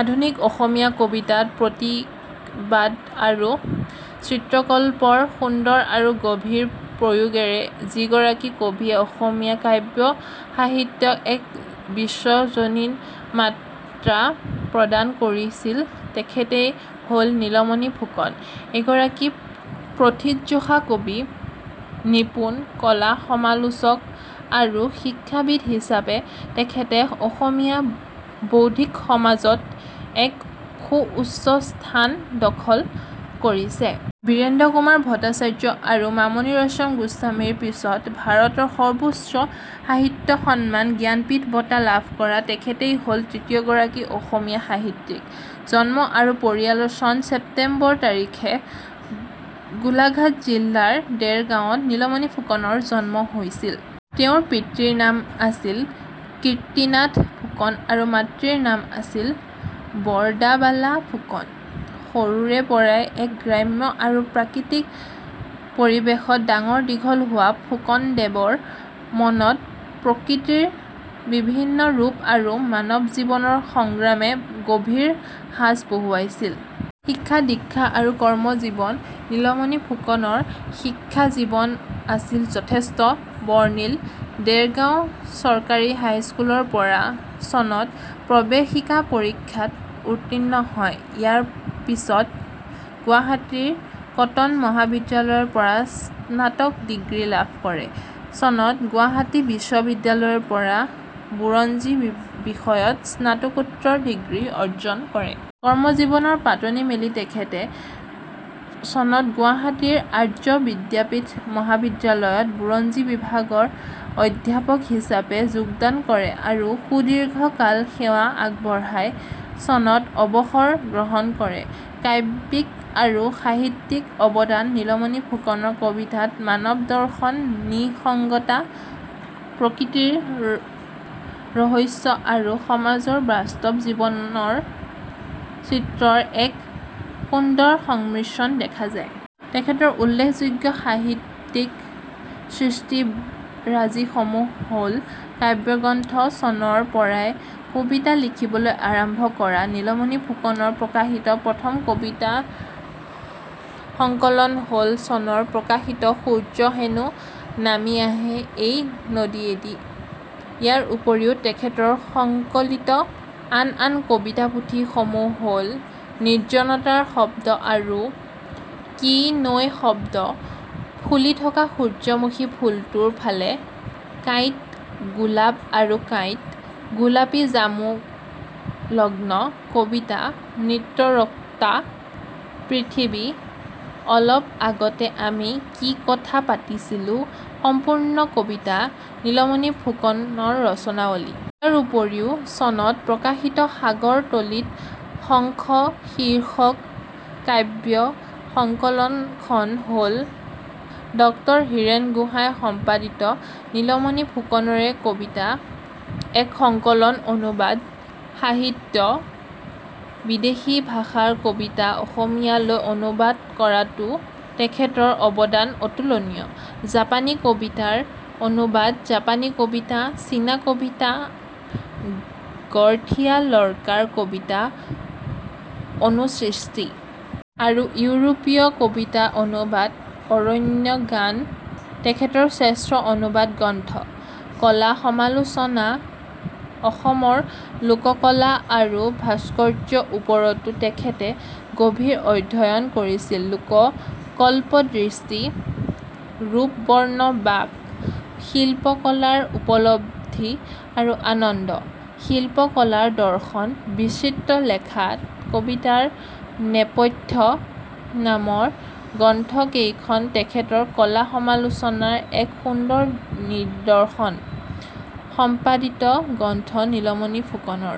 আধুনিক অসমীয়া কবিতাত প্ৰতীকবাদ আৰু চিত্ৰকল্পৰ সুন্দৰ আৰু গভীৰ প্ৰয়োগেৰে যিগৰাকী কবিয়ে অসমীয়া কাব্য সাহিত্যক এক বিশ্বজনীন মাত্ৰা প্ৰদান কৰিছিল, তেখেতেই হ'ল নীলমণি ফুকন। এগৰাকী প্ৰথিতযশা কবি, নিপুণ কলা-সমালোচক আৰু শিক্ষাবিদ হিচাপে তেখেতে অসমীয়া বৌদ্ধিক সমাজত এক সুউচ্চ স্থান দখল কৰিছে। বীৰেন্দ্ৰ কুমাৰ ভট্টাচাৰ্য আৰু মামণি ৰয়ছম গোস্বামীৰ পিছত ভাৰতৰ সৰ্বোচ্চ সাহিত্য সন্মান 'জ্ঞানপীঠ বঁটা' লাভ কৰা তেখেতেই হ'ল তৃতীয়গৰাকী অসমীয়া সাহিত্যিক। জন্ম আৰু পৰিয়াল: চনৰ ছেপ্টেম্বৰ তাৰিখে গোলাঘাট জিলাৰ দেৰগাঁৱত নীলমণি ফুকনৰ জন্ম হৈছিল। তেওঁৰ পিতৃৰ নাম আছিল কীৰ্তিনাথ ফুকন আৰু মাতৃৰ নাম আছিল বৰদাবালা ফুকন। সৰুৰে পৰাই এক গ্ৰাম্য আৰু প্ৰাকৃতিক পৰিৱেশত ডাঙৰ-দীঘল হোৱা ফুকনদেৱৰ মনত প্ৰকৃতিৰ বিভিন্ন ৰূপ আৰু মানৱ জীৱনৰ সংগ্ৰামে গভীৰ সাঁচ বহুৱাইছিল। শিক্ষা-দীক্ষা আৰু কৰ্মজীৱন: নীলমণি ফুকনৰ শিক্ষাজীৱন আছিল যথেষ্ট বৰ্ণিল: দেৰগাঁও চৰকাৰী হাইস্কুলৰ পৰা চনত প্ৰৱেশিকা পৰীক্ষাত উত্তীৰ্ণ হয়। ইয়াৰ পিছত গুৱাহাটীৰ কটন মহাবিদ্যালয়ৰ পৰা স্নাতক ডিগ্ৰী লাভ কৰে। চনত গুৱাহাটী বিশ্ববিদ্যালয়ৰ পৰা বুৰঞ্জী বিষয়ত স্নাতকোত্তৰ ডিগ্ৰী অৰ্জন কৰে। কৰ্মজীৱনৰ পাতনি মেলি তেখেতে চনত গুৱাহাটীৰ আৰ্য বিদ্যাপীঠ মহাবিদ্যালয়ত বুৰঞ্জী বিভাগৰ অধ্যাপক হিচাপে যোগদান কৰে আৰু সুদীৰ্ঘকাল সেৱা আগবঢ়াই চনত অৱসৰ গ্ৰহণ কৰে। কাব্যিক আৰু সাহিত্যিক অৱদান: নীলমণি ফুকনৰ কবিতাত মানৱ দৰ্শন, নিসংগতা, প্ৰকৃতিৰ ৰহস্য আৰু সমাজৰ বাস্তৱ চিত্ৰৰ এক সুন্দৰ সংমিশ্ৰণ দেখা যায়। তেখেতৰ উল্লেখযোগ্য সাহিত্যিক সৃষ্টিৰাজিসমূহ হ'ল: কাব্যগ্ৰন্থ: ' চনৰ পৰাই কবিতা লিখিবলৈ আৰম্ভ কৰা নীলমণি ফুকনৰ প্ৰকাশিত প্ৰথম কবিতাৰ সংকলন হ'ল চনত প্ৰকাশিত সূৰ্য হেনো নামি আহে এই নদীয়েদি। ইয়াৰ উপৰিও তেখেতৰ সংকলিত আন আন কবিতা পুথি সমূহ হ'ল- 'নিৰ্জনতাৰ শব্দ', 'আৰু কি নৈ:শব্দ', 'ফুলি থকা সূৰ্যমুখী ফুলটোৰ ফালে', 'কাঁইট গোলাপ আৰু কাঁইট', 'গোলাপী জামুৰ লগ্ন', 'কবিতা', 'নৃত্যৰতা পৃথিৱী', 'অলপ আগতে আমি কি কথা পাতিছিলো', 'সম্পূৰ্ণ কবিতা', 'নীলমণি ফুকন ৰচনাৱলী'। ইয়াৰ উপৰিও চনত প্ৰকাশিত সাগৰ তলিত শংখ শীৰ্ষক কাব্য সংকলন খন হ'ল ড হিৰেণ গোঁসাই সম্পাদিত নীলমণি ফুকনৰে কবিতাৰ এক সংকলন অনুবাদ সাহিত্য: বিদেশী ভাষাৰ কবিতা অসমীয়ালৈ অনুবাদ কৰাত তেখেতৰ অৱদান অতুলনীয়। জাপানী কবিতাৰ অনুবাদ 'জাপানী কবিতা 'চীনা কবিতা' 'গৰ্থিয়া ল'ৰকাৰ কবিতা', 'অনুসৃষ্টি'। আৰু ইউৰোপীয় কবিতাৰ অনুবাদ 'অৰণ্যৰ গান' তেখেতৰ শ্ৰেষ্ঠ অনুবাদ গ্ৰন্থ। কলা-সমালোচনা: অসমৰ লোককলা আৰু ভাস্কৰ্যৰ ওপৰতো তেখেতে গভীৰ অধ্যয়ন কৰিছিল। 'লোককল্পদৃষ্টি', 'ৰূপ বৰ্ণ বাক', 'শিল্প কলাৰ উপলব্ধি আৰু আনন্দ', 'শিল্প কলাৰ দৰ্শন', 'বিচিত্ৰ লেখা', 'কবিতাৰ নেপথ্য' নামৰ গ্ৰন্থ কেইখন তেখেতৰ কলা-সমালোচনাৰ এক সুন্দৰ নিদৰ্শন। সম্পাদিত গ্ৰন্থ: নীলমণি ফুকনৰ